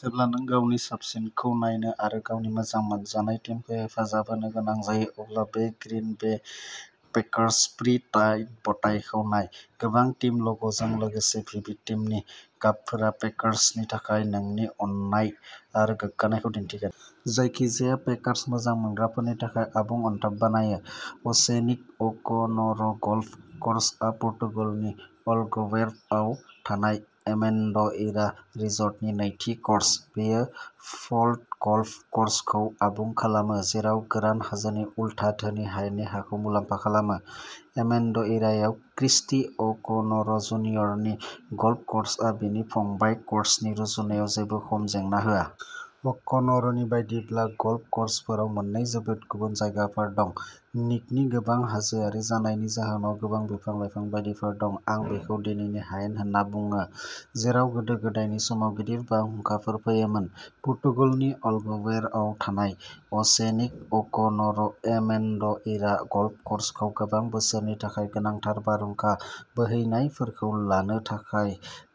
जेब्ला नों गावनि साबसिनखौ नायनो आरो गावनि मोजां मोनजानाय टीमखौ हेफाजाब होनो गोनां जायो, अब्ला बे Green Bay peckers pre Tide ब'टाइखौ नाय। गोबां टीम ल'ग'जों लोगोसे भिभिड टीमनि गाबफोरा पेकर्सनि थाखाय नोंनि अननाय आरो गोग्गानायखौ दिन्थिगोन। जायखिजाया पेकर्स मोजां मोनग्राफोरनि थाखाय आबुं अनथोब बानायो! अ'सेनिक'अ'क'न'र गल्फ क'र्सआ पर्तुगालनि अल्गार्वेआव थानाय एमेन्ड'इरा रिसर्टनि नैथि क'र्स। बेयो फाल्ड'गल्फ क'र्सखौ आबुं खालामो, जेराव गोरान हाजोनि उलथा धोनि हायेननि हाखौ मुलाम्फा खालामो। एमेन्ड'इरायाव क्रिस्टी अ'क'न'र जुनियरनि गल्फ क'र्सआ बिनि फंबाय क'र्सनि रुजुनायाव जेबो खम जेंना होआ। अ'क'न'रनि बायदिब्ला, गल्फ क'र्सफोराव "मोननै जोबोद गुबुन जायगाफोर दं, निकनि गोबां हाजोआरि जानायनि जाहोनाव गोबां बिफां, बिफां बायदिफोर दं। आं बेखौ दैनि हायेन होनना बुङो, जेराव गोदो गोदायनि समाव गिदिर बारहुंखाफोर फैयोमोन।" पर्तुगालनि अल्गार्वेआव थानाय अ'सेनिक'अ'क'न'र एमेन्ड'इरा गल्फ क'र्सखौ गोबां बोसोरनि थाखाय गोनांथार बारहुंखा बोहैनायफोरखौ लानो थाखाय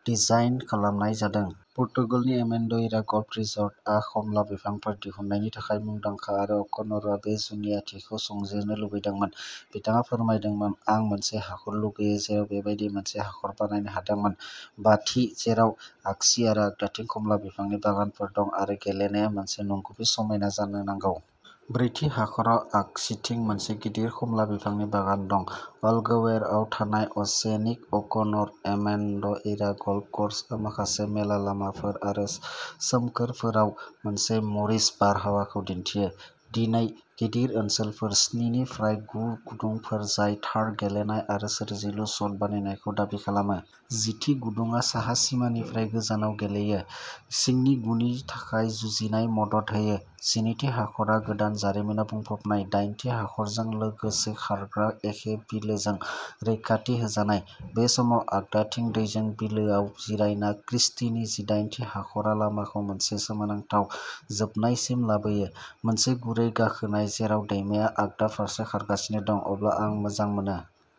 डिजाइन खालामनाय जादों। पर्तुगालनि एमेन्ड'इरा गल्फ रिसर्टआ खमला बिफांफोर दिहुननायनि थाखाय मुंदांखा आरो अ'क'न'रआ बे जुनियाथिखौ संजिरनो लुबैदोंमोन। बिथाङा फोरमायदोंमोन "आं मोनसे हाखर लुगैयो जेराव बेबादि मोनसे हाखर बानायनो हादोंमोन, बाथि, जेराव आगसि आरो आगदाथिं खमला बिफांनि बागानफोर दं आरो गेलेनाया मोनसे नंगुबै समायना जानो नांगौ। ब्रैथि हाखराव आगसिथिं मोनसे गिदिर खमला बिफांनि बागानबो दं। "अल्गार्वेआव थानाय अ'सेनिक'अ'क'न'र एमेन्ड'इरा गल्फ क'र्सआ माखासे मेला लामाफोर आरो सोमखोरफोराव मोनसे म'रिश बारहावाखौ दिन्थियो, दैनि गिदिर ओनसोलफोर स्नि निफ्राय गु गुदुंफोर जाय थार गेलेनाय आरो सोरजिलु शट बानायनायखौ दाबि खालामो। जिथि गुदुंआ साहा सिमानिफ्राय गोजानाव गेलेयो, सिंनि गुनि थाखाय जुजिनायाव मदद होयो। जिनैथि हाखरआ गोदान जारिमिनाव बुंफबनाय, दाइनथि हाखरजों लोगोसे खारग्रा एखे बिलोजों रैखाथि होजानाय, बे समाव आगदाथिं दैजों बिलोआव जिरायना क्रिस्टीनि जिदाइनथि हाखरआ लामाखौ मोनसे सोमोनांथाव जोबनायसिम लाबोयो, मोनसे गुरै गाखोनाय जेराव दैमाया आगदा फारसे खारगासिनो दं। अब्ला आं मोजां मोनो।